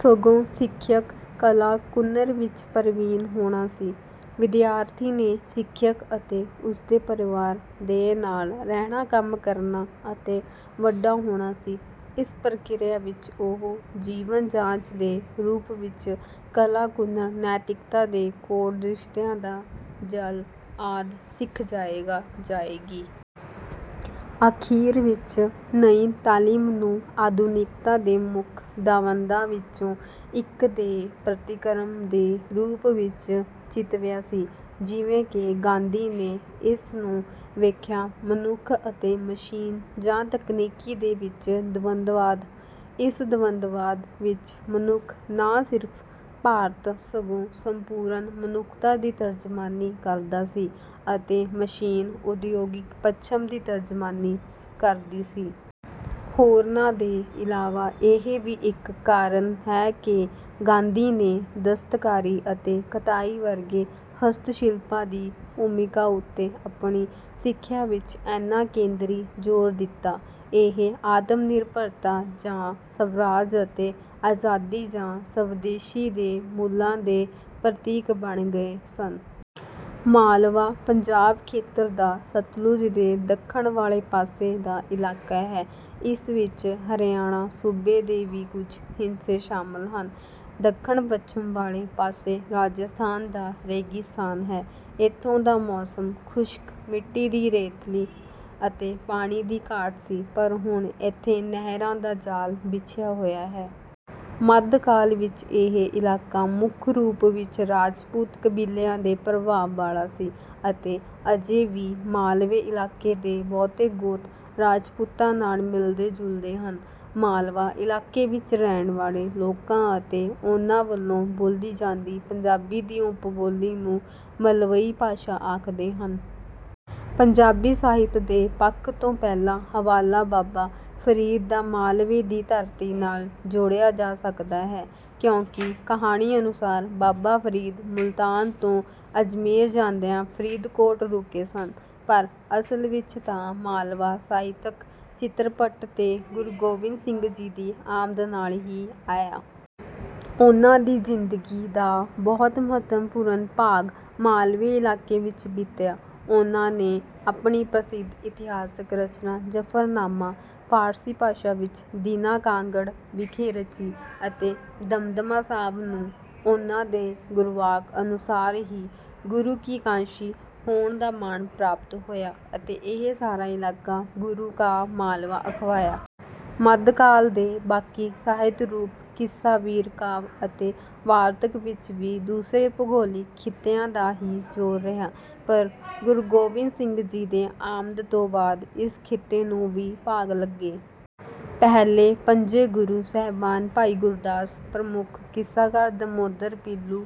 ਸਗੋਂ, ਸਿਖਿਅਕ ਕਲਾ ਕੁਨਰ ਵਿੱਚ ਪਰਵੀਨ ਹੋਣਾ ਸੀ। ਵਿਦਿਆਰਥੀ ਨੇ ਸਿਖਿਅਕ ਅਤੇ ਉਸਦੇ ਪਰਵਾਰ ਦੇ ਨਾਲ ਰਹਿਣਾ ਕੰਮ ਕਰਨਾ ਅਤੇ ਵੱਡਾ ਹੋਣਾ ਸੀ। ਇਸ ਪ੍ਰਕਿਰਿਆ ਵਿੱਚ ਉਹ ਜੀਵਨ ਜਾਚ ਦੇ ਰੂਪ ਵਿੱਚ ਕਲਾ ਕੁਨਰ ਨੈਤਿਕਤਾ ਦੇ ਕੋਡ ਰਿਸ਼ਤਿਆਂ ਦਾ ਜਾਲ ਆਦਿ ਸਿੱਖ ਜਾਏਗਾ ਜਾਏਗੀ। ਆਖਿਰ ਵਿੱਚ ਨਈ ਤਾਲੀਮ ਨੂੰ ਆਧੁਨਿਕਤਾ ਦੇ ਮੁੱਖ ਦਵੰਦਾਂ ਵਿੱਚੋਂ ਇੱਕ ਦੇ ਪ੍ਰਤੀਕਰਮ ਦੇ ਰੂਪ ਵਿੱਚ ਚਿਤਵਿਆ ਸੀ ਜਿਵੇਂ ਕਿ ਗਾਂਧੀ ਨੇ ਇਸਨੂੰ ਵੇਖਿਆ ਮਨੁੱਖ ਅਤੇ ਮਸ਼ੀਨ ਜਾਂ ਤਕਨੀਕੀ ਦੇ ਵਿੱਚ ਦਵੰਦਵਾਦ। ਇਸ ਦਵੰਦਵਾਦ ਵਿੱਚ ਮਨੁੱਖ ਨਾ ਸਿਰਫ ਭਾਰਤ ਸਗੋਂ ਸੰਪੂਰਨ ਮਨੁੱਖਤਾ ਦੀ ਤਰਜਮਾਨੀ ਕਰਦਾ ਸੀ ਅਤੇ ਮਸ਼ੀਨ ਉਦਯੋਗਿਕ ਪੱਛਮ ਦੀ ਤਰਜਮਾਨੀ ਕਰਦੀ ਸੀ। ਹੋਰਨਾਂ ਦੇ ਇਲਾਵਾ ਇਹ ਵੀ ਇੱਕ ਕਾਰਨ ਹੈ ਕਿ ਗਾਂਧੀ ਨੇ ਦਸਤਕਾਰੀ ਅਤੇ ਕਤਾਈ ਵਰਗੇ ਹਸਤਸ਼ਿਲਪਾਂ ਦੀ ਭੂਮਿਕਾ ਉੱਤੇ ਆਪਣੀ ਸਿੱਖਿਆ ਵਿੱਚ ਏਨਾ ਕੇਂਦਰੀ ਜ਼ੋਰ ਦਿੱਤਾ। ਇਹ ਆਤਮਨਿਰਭਰਤਾ ਜਾਂ ਸਵਰਾਜ ਅਤੇ ਆਜ਼ਾਦੀ ਜਾਂ ਸਵਦੇਸ਼ੀ ਦੇ ਮੁੱਲਾਂ ਦੇ ਪ੍ਰਤੀਕ ਬਣ ਗਏ ਸਨ। ਮਾਲਵਾ ਪੰਜਾਬ ਖੇਤਰ ਦਾ ਸਤਲੁਜ ਦੇ ਦੱਖਣ ਵਾਲੇ ਪਾਸੇ ਦਾ ਇਲਾਕਾ ਹੈ। ਇਸ ਵਿੱਚ ਹਰਿਆਣਾ ਸੂਬੇ ਦੇ ਵੀ ਕੁਝ ਹਿੱਸੇ ਸ਼ਾਮਲ ਹਨ। ਦੱਖਣ ਪੱਛਮ ਵਾਲੇ ਪਾਸੇ ਰਾਜਸਥਾਨ ਦਾ ਰੇਗਿਸਤਾਨ ਹੈ। ਇੱਥੋਂ ਦਾ ਮੌਸਮ ਖੁਸ਼ਕ ਮਿੱਟੀ ਰੇਤਲੀ ਅਤੇ ਪਾਣੀ ਦੀ ਘਾਟ ਸੀ ਪਰ ਹੁਣ ਇੱਥੇ ਨਹਿਰਾਂ ਦਾ ਜਾਲ ਵਿਛਿਆ ਹੋਇਆ ਹੈ। ਮੱਧਕਾਲ ਵਿੱਚ ਇਹ ਇਲਾਕਾ ਮੁੱਖ ਰੂਪ ਵਿੱਚ ਰਾਜਪੂਤ ਕਬੀਲਿਆਂ ਦੇ ਪ੍ਰਭਾਵ ਵਾਲਾ ਸੀ ਅਤੇ ਅਜੇ ਵੀ ਮਾਲਵੇ ਇਲਾਕੇ ਦੇ ਬਹੁਤੇ ਗੋਤ ਰਾਜਪੂਤਾਂ ਨਾਲ ਮਿਲਦੇ ਜੁਲਦੇ ਹਨ। ਮਾਲਵਾ ਇਲਾਕੇ ਵਿੱਚ ਰਹਿਣ ਵਾਲੇ ਲੋਕਾਂ ਅਤੇ ਓਹਨਾਂ ਵੱਲੋਂ ਬੋਲੀ ਜਾਂਦੀ ਪੰਜਾਬੀ ਦੀ ਉਪਬੋਲੀ ਨੂੰ ਮਲਵਈ ਭਾਸ਼ਾ ਆਖਦੇ ਹਨ। ਪੰਜਾਬੀ ਸਾਹਿਤ ਦੇ ਪੱਖ ਤੋਂ ਪਹਿਲਾ ਹਵਾਲਾ ਬਾਬਾ ਫਰੀਦ ਦਾ ਮਾਲਵੇ ਦੀ ਧਰਤੀ ਨਾਲ ਜੋੜਿਆ ਜਾ ਸਕਦਾ ਹੈ। ਕਿਉਂਕਿ ਕਹਾਣੀ ਅਨੁਸਾਰ ਬਾਬਾ ਫਰੀਦ ਮੁਲਤਾਨ ਤੋਂ ਅਜਮੇਰ ਜਾਂਦਿਆਂ ਫਰੀਦਕੋਟ ਰੁਕੇ ਸਨ ਪਰ ਅਸਲ ਵਿੱਚ ਤਾਂ ਮਾਲਵਾ ਸਾਹਿਤਕ ਚਿੱਤਰਪੱਟ ਤੇ ਗੁਰੂ ਗੋਬਿੰਦ ਸਿੰਘ ਜੀ ਦੀ ਆਮਦ ਨਾਲ ਹੀ ਆਇਆ। ਉਨ੍ਹਾਂ ਦੀ ਜ਼ਿੰਦਗੀ ਦਾ ਬਹੁਤ ਮਹੱਤਵਪੂਰਨ ਭਾਗ ਮਾਲਵੇ ਇਲਾਕੇ ਵਿੱਚ ਬੀਤਿਆ। ਉਨ੍ਹਾਂ ਨੇ ਆਪਣੀ ਪ੍ਰਸਿੱਧ ਇਤਿਹਾਸਕ ਰਚਨਾ ਜ਼ਫਰਨਾਮਾ ਫਾਰਸੀ ਭਾਸ਼ਾ ਵਿੱਚ ਦੀਨਾ ਕਾਂਗੜ ਵਿਖੇ ਰਚੀ ਅਤੇ ਦਮਦਮਾ ਸਾਹਿਬ ਨੂੰ ਉਨ੍ਹਾਂ ਦੇ ਗੁਰਵਾਕ ਅਨੁਸਾਰ ਹੀ ਗੁਰੂ ਕੀ ਕਾਸ਼ੀ ਹੋਣ ਦਾ ਮਾਣ ਪ੍ਰਾਪਤ ਹੋਇਆ ਅਤੇ ਇਹ ਸਾਰਾ ਇਲਾਕਾ ਗੁਰੂ ਕਾ ਮਾਲਵਾ ਅਖਵਾਇਆ। ਮੱਧਕਾਲ ਦੇ ਬਾਕੀ ਸਾਹਿਤ ਰੂਪ ਕਿੱਸਾ ਵੀਰ ਕਾਵਿ ਅਤੇ ਵਾਰਤਕ ਵਿੱਚ ਵੀ ਦੂਸਰੇ ਭੂਗੋਲਿਕ ਖਿੱਤਿਆਂ ਦਾ ਹੀ ਜ਼ੋਰ ਰਿਹਾ ਪਰ ਗੁਰੂ ਗੋਬਿੰਦ ਸਿੰਘ ਜੀ ਦੇ ਆਮਦ ਤੋਂ ਬਾਅਦ ਇਸ ਖਿੱਤੇ ਨੂੰ ਵੀ ਭਾਗ ਲੱਗੇ। ਪਹਿਲੇ ਪੰਜੇ ਗੁਰੂ ਸਾਹਿਬਾਨ ਭਾਈ ਗੁਰਦਾਸ ਪ੍ਰਮੁੱਖ ਕਿੱਸਾਕਾਰ ਦਮੋਦਰ ਪੀਲੂ